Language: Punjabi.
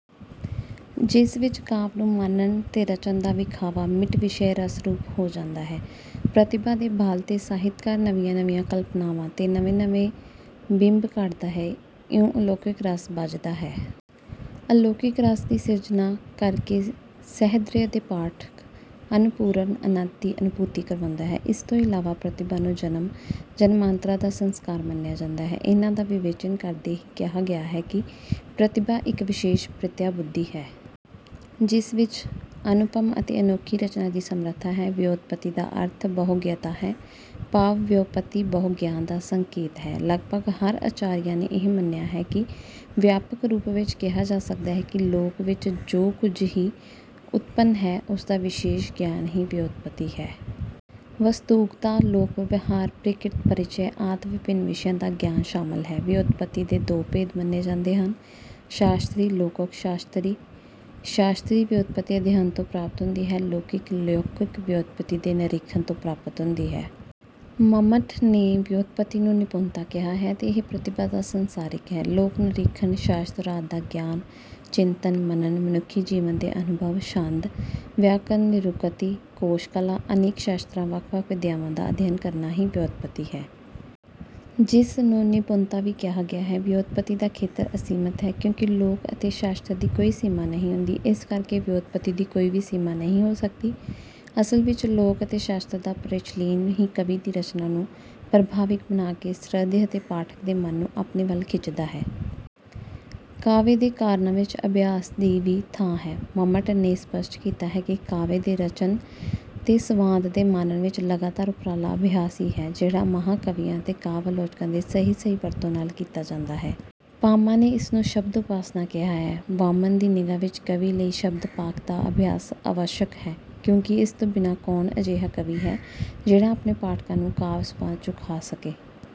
ਜਿਸ ਵਿੱਚ ਕਾਵਿ ਨੂੰ ਮਾਨਣ ਤੇ ਰਚਨ ਦਾ ਵਿਖਾਵਾ ਮਿਟ ਵਿਸ਼ੈ ਰਸ ਰੂਪ ਹੋ ਜਾਂਦਾ ਹੈ। ਪ੍ਰਤਿਭਾ ਦੇ ਬਲ ਤੇ ਸਾਹਿਤਕਾਰ ਨਵੀਆਂ ਨਵੀਆਂ ਕਲਪਨਾਵਾਂ ਤੇ ਨਵੇਂ-ਨਵੇਂ ਬਿੰਬ ਘੜਦਾ ਹੈ। ਇਉਂ ਅਲੌਕਿਕ ਰਸ ਬੱਝਦਾ ਹੈ। ਅਲੌਕਿਕ ਰਸ ਦੀ ਸਿਰਜਣਾ ਕਰਕੇ ਸਹ੍ਰਿਦਯ ਤੇ ਪਾਠਕ ਅਪੂਰਨ ਅਨੰਦ ਦੀ ਅਨੁਭੂਤੀ ਕਰਵਾਉਂਦਾ ਹੈ। ਇਸ ਤੋਂ ਇਲਾਵਾ ਪ੍ਰਤਿਭਾ ਨੂੰ ਜਨਮ ਜਨਮਾਂਤਰਾਂ ਦਾ ਸੰਸਕਾਰ ਮੰਨਿਆ ਜਾਂਦਾ ਹੈ। ਇਹਨਾਂ ਦਾ ਵਿਵੇਚਨ ਕਰਦੇ ਹੀ ਕਿਹਾ ਗਿਆ ਹੈ ਕਿ ਪ੍ਰਤਿਭਾ ਇੱਕ ਵਿਸ਼ੇਸ਼ ਪ੍ਰਤਿਆ ਬੁੱਧੀ ਹੈ। ਜਿਸ ਵਿੱਚ ਅਨੁਪਮ ਅਤੇ ਅਨੋਖੀ ਰਚਨਾ ਦੀ ਸਮਰੱਥਾ ਹੈ। ਵਿਉਂਤਪਤੀ ਦਾ ਅਰਥ ਬਹੁ-ਗਯਤਾ ਹੈ। ਭਾਵ ਵਿਉਂਪਤੀ ਬਹੁ-ਗਿਆਨ ਦਾ ਹੀ ਸੰਕੇਤ ਹੈ। ਲਗਭਗ ਹਰ ਆਚਾਰੀਆਂ ਨੇ ਇਹ ਹੀ ਮੰਨਿਆ ਹੈ। ਵਿਆਪਕ ਰੂਪ ਵਿੱਚ ਕਿਹਾ ਜਾ ਸਕਦਾ ਹੈ ਕਿ ਲੋਕ ਵਿੱਚ ਜੋ ਕੁੱਝ ਹੀ ਉਤਪਨ ਹੈ, ਉਸਦਾ ਵਿਸ਼ੇਸ਼ ਗਿਆਨ ਹੀ ਵਿਉਂਤਪਤੀ ਹੈ। ਵਸਤੂਗਤਾ, ਲੋਕ ਵਿਵਹਾਰ, ਪ੍ਰਕ੍ਰਿਤ ਪਰਿਚੈ ਆਦਿ ਵਿਭਿੰਨ ਵਿਸ਼ਿਆਂ ਦਾ ਗਿਆਨ ਸ਼ਾਮਲ ਹੈ। ਵਿਉਂਤਪਤੀ ਦੇ ਦੋ ਭੇਦ ਮੰਨੇ ਜਾਂਦੇ ਹਨ। ਸ਼ਾਸਤਰੀ ਲੌਕਿਕ ਸ਼ਾਸਤਰੀ: ਸ਼ਾਸਤਰੀ ਵਿਉਂਤਪਤੀ ਅਧਿਐਨ ਤੋਂ ਪ੍ਰਾਪਤ ਹੁੰਦੀ ਹੈ। ਲੌਕਿਕ: ਲੌਕਿਕ ਵਿਉਂਤਪਤੀ ਦੇ ਨਿਰੀਖਣ ਤੋਂ ਪ੍ਰਾਪਤ ਹੁੰਦੀ ਹੈ। ਮੰਮਟ ਨੇ ਵਿਉਂਤਪਤੀ ਨੂੰ ਨਿਪੁਨਤਾ ਕਿਹਾ ਹੈ ਅਤੇ ਇਹ ਪ੍ਰਤਿਭਾ ਦਾ ਸੰਸਾਰਿਕ ਹੈ। ਲੋਕ ਨਿਰੀਖਣ, ਸ਼ਾਸਤਰ ਆਦਿ ਦਾ ਗਿਆਨ, ਚਿੰਤਨ, ਮਨਨ, ਮਨੁੱਖੀ ਜੀਵਨ ਦੇ ਅਨੁਭਵ, ਛੰਦ, ਵਿਅਕਰਨ, ਨਿਰੁਕਤੀ, ਕੋਸ਼ ਕਲਾ ਅਨੇਕ ਸ਼ਾਸਤਰਾਂ, ਵੱਖ-ਵੱਖ ਵਿਦਿਆਵਾਂ ਦਾ ਅਧਿਐਨ ਕਰਨਾ ਹੀ ਵਿਉਂਤਪਤੀ ਹੈ। ਜਿਸ ਨੂੰ ਨਿਪੁੰਨਤਾ ਵੀ ਕਿਹਾ ਗਿਆ ਹੈ। ਵਿਉਂਤਪਤੀ ਦਾ ਖੇਤਰ ਅਸੀਮਤ ਹੈ, ਕਿਉਂਕਿ ਲੋਕ ਅਤੇ ਸ਼ਾਸਤਰ ਦੀ ਕੋਈ ਸੀਮਾ ਨਹੀਂ ਹੁੰਦੀ। ਇਸ ਕਰਕੇ ਵਿਉਂਤਪਤੀ ਦੀ ਕੋਈ ਵੀ ਸੀਮਾ ਨਹੀਂ ਹੋ ਸਕਦੀ। ਅਸਲ ਵਿੱਚ ਲੋਕ ਅਤੇ ਸ਼ਾਸਤਰ ਦਾ ਪਰਿਸ਼ੀਲਨ ਹੀ ਕਵੀ ਦੀ ਰਚਨਾ ਨੂੰ ਪ੍ਰਭਾਵਿਕ ਬਣਾ ਕੇ ਸਹ੍ਰਿਦਯ ਤੇ ਪਾਠਕ ਦੇ ਮਨ ਨੂੰ ਆਪਣੇ ਵੱਲ ਖਿੱਚਦਾ ਹੈ। ਕਾਵਿ ਦੇ ਕਾਰਣਾਂ ਵਿੱਚ ਅਭਿਆਸ ਦੀ ਵੀ ਥਾਂ ਹੈ। ਮੰਮਟ ਨੇ ਸਪੱਸ਼ਟ ਕੀਤਾ ਹੈ ਕਿ ਕਾਵਿ ਦੇ ਰਚਨ ਤੇ ਸਵਾਦ ਦੇ ਮਾਣਨ ਵਿੱਚ ਲਗਾਤਾਰ ਉਪਰਾਲਾ ਅਭਿਆਸ ਹੀ ਹੈ। ਜਿਹੜਾ ਮਹਾਂ ਕਵੀਆਂ ਤੇ ਕਾਵਿ ਆਲੋਚਕਾਂ ਦੇ ਸਹੀ-ਸਹੀ ਵਰਤੋਂ ਨਾਲ ਕੀਤਾ ਜਾਂਦਾ ਹੈ। ਭਾਮਹ ਨੇ ਇਸ ਨੂੰ ਸ਼ਬਦ ਉਪਾਸ਼ਨਾ ਕਿਹਾ ਹੈ। ਵਾਮਨ ਦੀ ਨਿਗ੍ਹਾ ਵਿੱਚ ਕਵੀ ਲਈ ਸ਼ਬਦ ਪਾਕ ਦਾ ਅਭਿਆਸ ਅਵੱਸ਼ਕ ਹੈ। ਕਿਉਂਕਿ ਇਸ ਤੋਂ ਬਿਨਾਂ ਕੌਣ ਅਜਿਹਾ ਕਵੀ ਹੈ, ਜਿਹੜਾ ਆਪਣੇ ਪਾਠਕਾਂ ਨੂੰ 'ਕਾਵਿ ਸਵਾਦ ਚੁਖਾ ਸਕੇ।